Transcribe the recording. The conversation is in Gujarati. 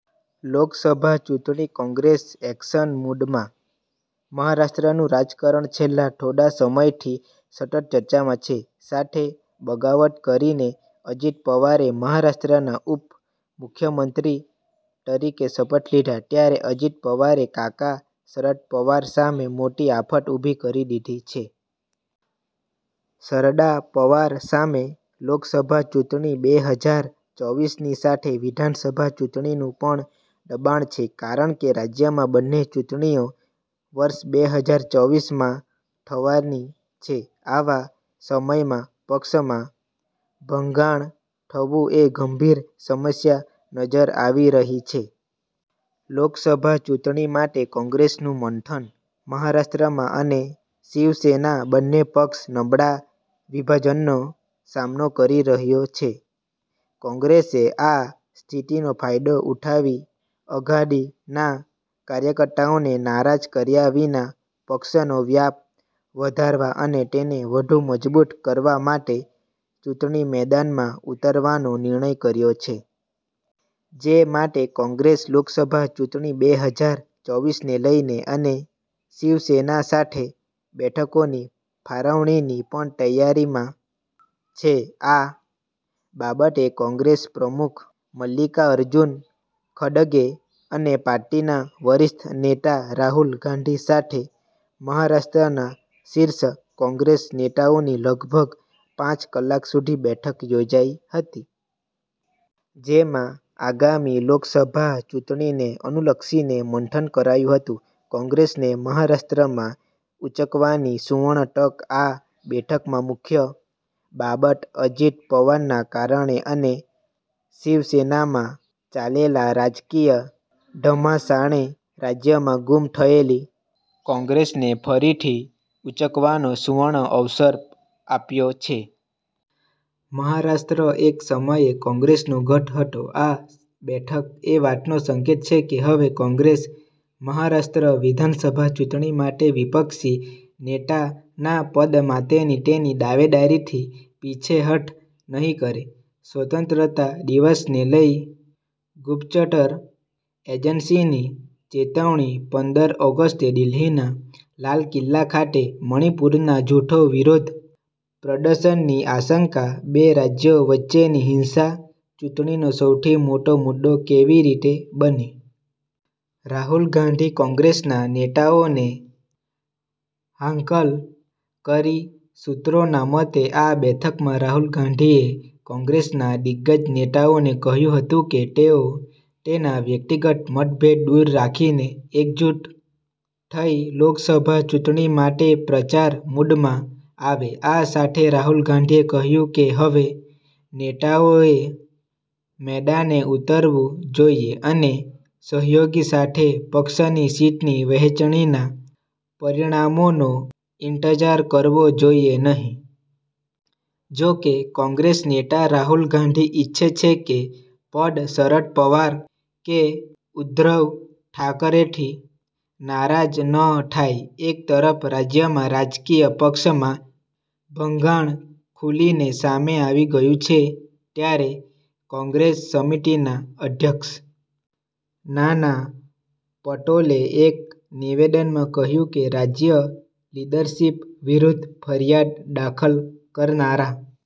લોકસભા ચૂંટણી કોંગ્રેસ એક્શન મૂડમાં મહારાષ્ટ્રનું રાજકારણ છેલ્લા થોડા સમયથી સતત ચર્ચામાં છે. સાથે બગાવત કરીને અજિત પવારે મહારાષ્ટ્રના ઉપમુખ્યમંત્રી તરીકે શપલ લીધા. ત્યારે અજીત પવારે કાકા શરદ પવાર સામે મોટી આફત ઉભી કરી દીધી છે. શરદા પવાર સામે લોકસભા ચૂંટણી બે હજાર ચોવીસ ની સાથે વિધાનસભા ચૂંટણીનું પણ દબાણ છે, કારણ કે રાજ્યમાં બંને ચૂંટણીઓ વર્ષબે હજાર ચોવીસ માં થવાની છે. આવા સમયમાં પક્ષમાં ભંગાણ થવું એ ગંભીર સમસ્યા નજર આવી રહી છે. લોકસભા ચૂંટણી માટે કોંગ્રેસનું મંથન મહારાષ્ટ્રમાં અને શિવસેના બંને પક્ષ નબળા વિભાજનનો સામનો કરી રહ્યો છે. કોંગ્રેસે આ સ્થિતિનો ફાયદો ઉઠાવી અઘાડી ના કાર્યકર્તાઓને નારાજ કર્યા વિના પક્ષનો વ્યાપ વધારવા અને તેને વધુ મજબૂત કરવા માટે ચૂંટણી મેદાનમાં ઉતરવાનો નિર્ણય કર્યો છે. જે માટે કોંગ્રેસ લોકસભા ચૂંટણી બે હજાર ચોવીસ ને લઇને અને શિવસેના સાથે બેઠકોની ફાળવણીની પણ તૈયારીમાં છે. આ બાબતે કોંગ્રેસ પ્રમુખ મલ્લિકાઅર્જુન ખડગે અને પાર્ટીના વરિષ્ઠ નેતા રાહુલ ગાંધી સાથે મહારાષ્ટ્રના શીર્ષ કોંગ્રેસ નેતાઓની લગભગ પાંચ કલાક સુધી બેઠક યોજાઇ હતી. જેમાં આગામી લોકસભા ચૂંટણીને અનુલક્ષીને મંથન કરાયું હતું. કોંગ્રેસને મહારાષ્ટ્રમાં ઉંચકવાની 'સુવર્ણ' તક આ બેઠકમાં મુખ્ય બાબત અજીત પવારના કારણે અને શિવસેનામાં ચાલેલા રાજકીય ધમાસાણે રાજ્યમાં ગુમ થયેલી કોંગ્રેસને ફરીથી ઉંચકવાનો 'સુવર્ણ' અવસર આપ્યો છે. મહારાષ્ટ્ર એક સમયે કોંગ્રેસનો ગઢ હતો. આ બેઠક એ વાતનો સંકેત છે કે હવે કોંગ્રેસ મહારાષ્ટ્ર વિધાનસભા ચૂંટણી માટે વિપક્ષી નેતા ના પદ માટેની તેની દાવેદારીથી પીછેહઠ નહીં કરે.. સ્વતંત્રતા દિવસને લઇ ગુપ્ચતર એજન્સીની ચેતવણી પંદર ઓગસ્ટે દિલ્હીના લાલ કિલ્લા ખાતે મણિપુરના જૂથો વિરોધ પ્રદર્શનની આશંકા બે રાજ્યો વચ્ચેની હિંસા ચૂંટણીનો સૌથી મોટો મુદ્દો કેવી રીતે બની? રાહુલ ગાંધી કોંગ્રેસના નેતાઓને હાંકલ કરી સૂત્રોના મતે, આ બેઠકમાં રાહુલ ગાંઘીએ કોંગ્રેસના દિગ્ગજ નેતાઓને કહ્યું હતું કે તેઓ તેના વ્યક્તિગત મતભેદ દૂર રાખીને એકજૂટ થઇ લોકસભા ચૂંટણી માટે પ્રચાર મૂડમાં આવે. આ સાથે રાહુલ ગાંધીએ કહ્યું કે હવે નેતાઓએ મેદાને ઉતરવું જોઇએ અને સહયોગી સાથે પક્ષની સીટની વહેચણીના પરિણામોનો ઇંતજાર કરવો જોઇએ નહીં. જો કે, કોંગ્રેસ નેતા રાહુલ ગાંધી ઇચ્છે છે કે પક્ષ શરદ પવાર કે ઉદ્ધવ ઠાકરેથી નારાજ ન થાય. એક તરફ રાજ્યમાં રાજકીય પક્ષમાં ભંગાણ ખુલીને સામે આવી ગયું છે. ત્યારે કોંગ્રેસ કમિટિના અધ્યક્ષ નાના પટોલે એક નિવેદનમાં કહ્યું કે, રાજ્ય લીડરશીપ વિરૂદ્ધ ફરિયાદ દાખલ કરનારા